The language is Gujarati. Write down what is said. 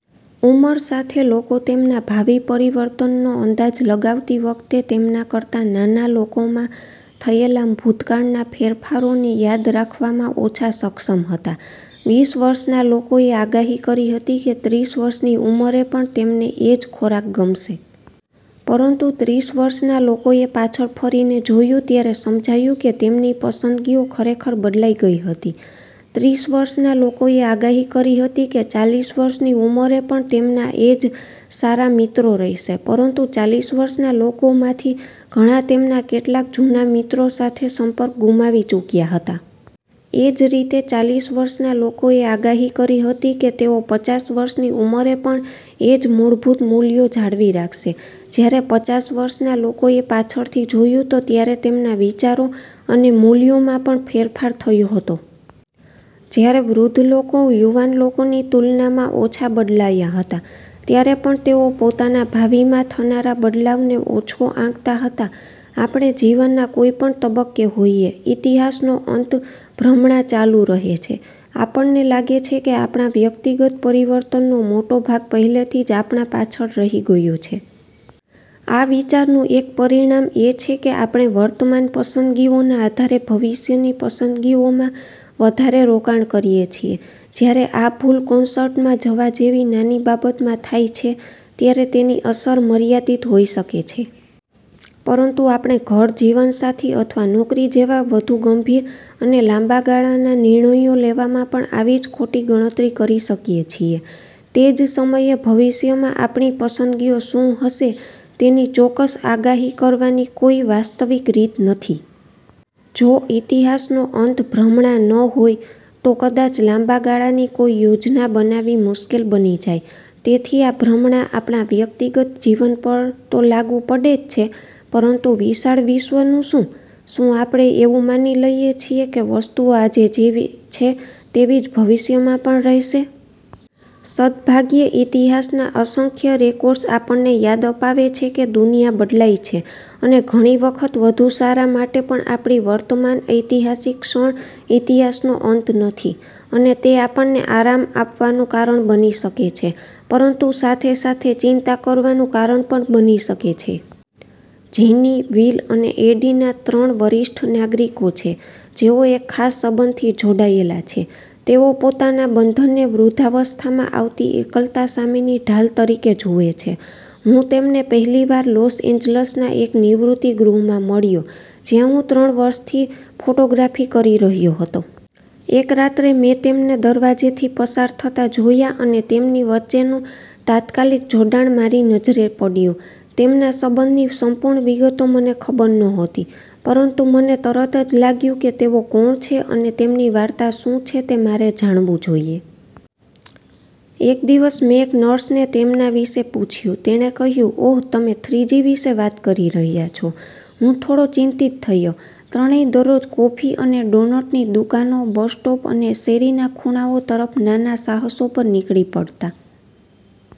ઉંમર સાથે, લોકો તેમના ભાવિ પરિવર્તનનો અંદાજ લગાવતી વખતે તેમના કરતાં નાના લોકોમાં થયેલા ભૂતકાળના ફેરફારોને યાદ રાખવામાં ઓછા સક્ષમ હતા. વીસ વર્ષના લોકોએ આગાહી કરી હતી કે ત્રીસ વર્ષની ઉંમરે પણ તેમને એ જ ખોરાક ગમશે. પરંતુ ત્રીસ વર્ષના લોકોએ પાછળ ફરીને જોયું ત્યારે સમજાયું કે તેમની પસંદગીઓ ખરેખર બદલાઈ ગઈ હતી. ત્રીસ વર્ષના લોકોએ આગાહી કરી હતી કે ચાલીસ વર્ષની ઉંમરે પણ તેમના એ જ સારા મિત્રો રહેશે, પરંતુ ચાલીસ વર્ષના લોકોમાંથી ઘણા તેમના કેટલાક જૂના મિત્રો સાથે સંપર્ક ગુમાવી ચૂક્યા હતા. એ જ રીતે, ચાલીસ વર્ષના લોકોએ આગાહી કરી હતી કે તેઓ પચાસ વર્ષની ઉંમરે પણ એ જ મૂળભૂત મૂલ્યો જાળવી રાખશે, જ્યારે પચાસ વર્ષના લોકોએ પાછળથી જોયું ત્યારે તેમના વિચારો અને મૂલ્યોમાં પણ ફેરફાર થયો હતો. જ્યારે વૃદ્ધ લોકો યુવાન લોકોની તુલનામાં ઓછા બદલાયા હતા, ત્યારે પણ તેઓ પોતાના ભાવિમાં થનારા બદલાવને ઓછો આંકતા હતા. આપણે જીવનના કોઈપણ તબક્કે હોઈએ, “ઇતિહાસનો અંત” ભ્રમણા ચાલુ રહે છે: આપણને લાગે છે કે આપણા વ્યક્તિગત પરિવર્તનનો મોટો ભાગ પહેલેથી જ આપણા પાછળ રહી ગયો છે. આ વિચારનું એક પરિણામ એ છે કે આપણે વર્તમાન પસંદગીઓના આધારે ભવિષ્યની પસંદગીઓમાં વધારે રોકાણ કરીએ છીએ. જ્યારે આ ભૂલ કોન્સર્ટમાં જવા જેવી નાની બાબતમાં થાય છે, ત્યારે તેની અસર મર્યાદિત હોઈ શકે છે. પરંતુ આપણે ઘર, જીવનસાથી અથવા નોકરી જેવા વધુ ગંભીર અને લાંબા ગાળાના નિર્ણયો લેવામાં પણ આવી જ ખોટી ગણતરી કરી શકીએ છીએ. તે જ સમયે, ભવિષ્યમાં આપણી પસંદગીઓ શું હશે તેની ચોક્કસ આગાહી કરવાની કોઈ વાસ્તવિક રીત નથી. જો “ઇતિહાસનો અંત” ભ્રમણા ન હોય, તો કદાચ લાંબા ગાળાની કોઈ યોજના બનાવવી મુશ્કેલ બની જાય. તેથી આ ભ્રમણા આપણા વ્યક્તિગત જીવન પર તો લાગુ પડે જ છે, પરંતુ વિશાળ વિશ્વનું શું? શું આપણે એવું માની લઈએ છીએ કે વસ્તુઓ આજે જેવી છે, તેવી જ ભવિષ્યમાં પણ રહેશે? સદભાગ્યે, ઇતિહાસના અસંખ્ય રેકોર્ડ્સ આપણને યાદ અપાવે છે કે દુનિયા બદલાઈ છે, અને ઘણી વખત વધુ સારા માટે પણ આપણી વર્તમાન ઐતિહાસિક ક્ષણ ઇતિહાસનો અંત નથી. અને તે આપણને આરામ આપવાનું કારણ બની શકે છે, પરંતુ સાથે સાથે ચિંતા કરવાનું કારણ પણ બની શકે છે. જીની, વિલ અને એડિના ત્રણ વરિષ્ઠ નાગરિકો છે, જેઓ એક ખાસ સંબંધથી જોડાયેલા છે. તેઓ પોતાના બંધનને વૃદ્ધાવસ્થામાં આવતી એકલતા સામેની ઢાલ તરીકે જુએ છે. હું તેમને પહેલી વાર લોસ એન્જલસના એક નિવૃત્તિ ગૃહમાં મળ્યો, જ્યાં હું ત્રણ વર્ષથી ફોટોગ્રાફી કરી રહ્યો હતો. એક રાત્રે મેં તેમને દરવાજેથી પસાર થતા જોયા અને તેમની વચ્ચેનું તાત્કાલિક જોડાણ મારી નજરે પડ્યું. તેમના સંબંધની સંપૂર્ણ વિગતો મને ખબર નહોતી, પરંતુ મને તરત જ લાગ્યું કે તેઓ કોણ છે અને તેમની વાર્તા શું છે તે મારે જાણવું જોઈએ. એક દિવસ મેં એક નર્સને તેમના વિશે પૂછ્યું. તેણે કહ્યું, “ઓહ, તમે થ્રીજી વિશે વાત કરી રહ્યા છો.” હું થોડો ચિંતિત થયો. ત્રણેય દરરોજ કોફી અને ડોનટની દુકાનો, બસ સ્ટોપ અને શેરીના ખૂણાઓ તરફ નાના સાહસો પર નીકળી પડતા.